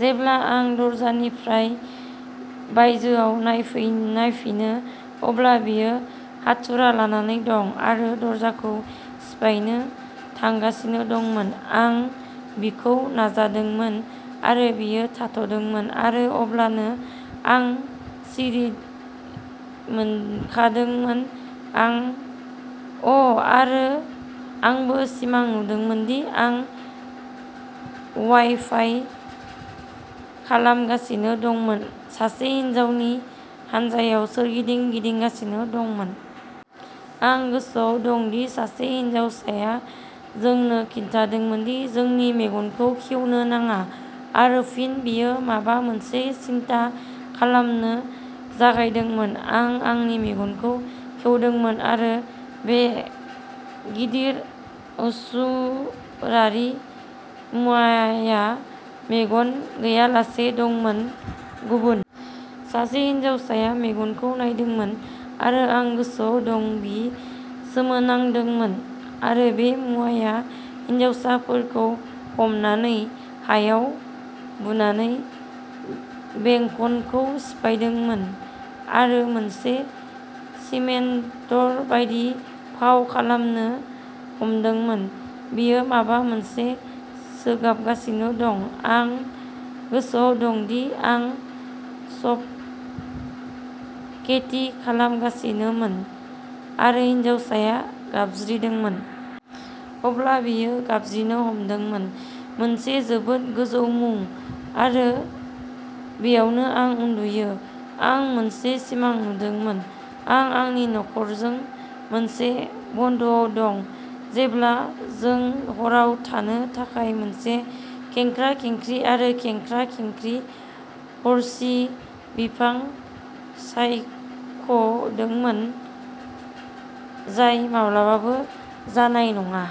जेब्ला आं दरजानिफ्राय बायजोआव नायफिनो अब्ला बियो हाथुरा लानानै दंमोन आरो दरजाखौ सिफायनो थांगासिनो दंमोन आं बिखौ नायदोंमोन आरो बियो थाद'दोंमोन आरो अब्लानो आं सिरिमोनखांदोंमोन। अ' आरो आंबो सिमां नुदोंमोन दि आं वाइफाइ खालामगासिनो दंमोन सासे हिनजावसानि हानजाया सोरगिदिं गिदिंगासिनो दंमोन। आं गोसोआव दं सासे हिनजावसाया जोंनो खिन्थादोंमोन दि जोंनि मेगनखौ खेवनो नाङा आरो फिन बियो माबा मोनसे सिनथा खालामनो जागायदोंमोन। आं आंनि मेगनखौ खेवदोंमोन आरो बे गिदिर आसुरारि मुवाया मेगन गैयालासे दंमोन। गुबुन सासे हिनजावसाया मेगनखौ नायनायमोन आरो आं गोसोआव दं बियो सोमोनांदोंमोन आरो बे मुवाया हिनजावसाखौ हमनानै हायाव बुनानै बेंखनखौ सिफायदोंमोन आरो मोनसे डिमेनटर बायदि फाव खालामनो हमदोंमोन बेयो माबा मोनसे सोबगासिनो दंमोन, आं गोसोआव दं दि आं सफ'केटिं खालामगासिनोमोन आरो हिनजावसाया गाबज्रिदोंमोन। अब्ला बेयो गाबज्रिनो हमदोंमोन। मोनसे जोबोद गोजौ मुं। आरो बैयावनो आं उन्दुयो। आं मोनसे सिमां नुदोंमोन आं आंनि नख'रजों मोनसे बन्द'आव दं, जेब्ला जों हराव थानो थाखाय मोनसे खेंख्रा-खेंख्रि आरो खेंख्रा-खेंख्रि हारसि बिफां सायख'दोंमोन जाय माब्लाबाबो जानाय नङा।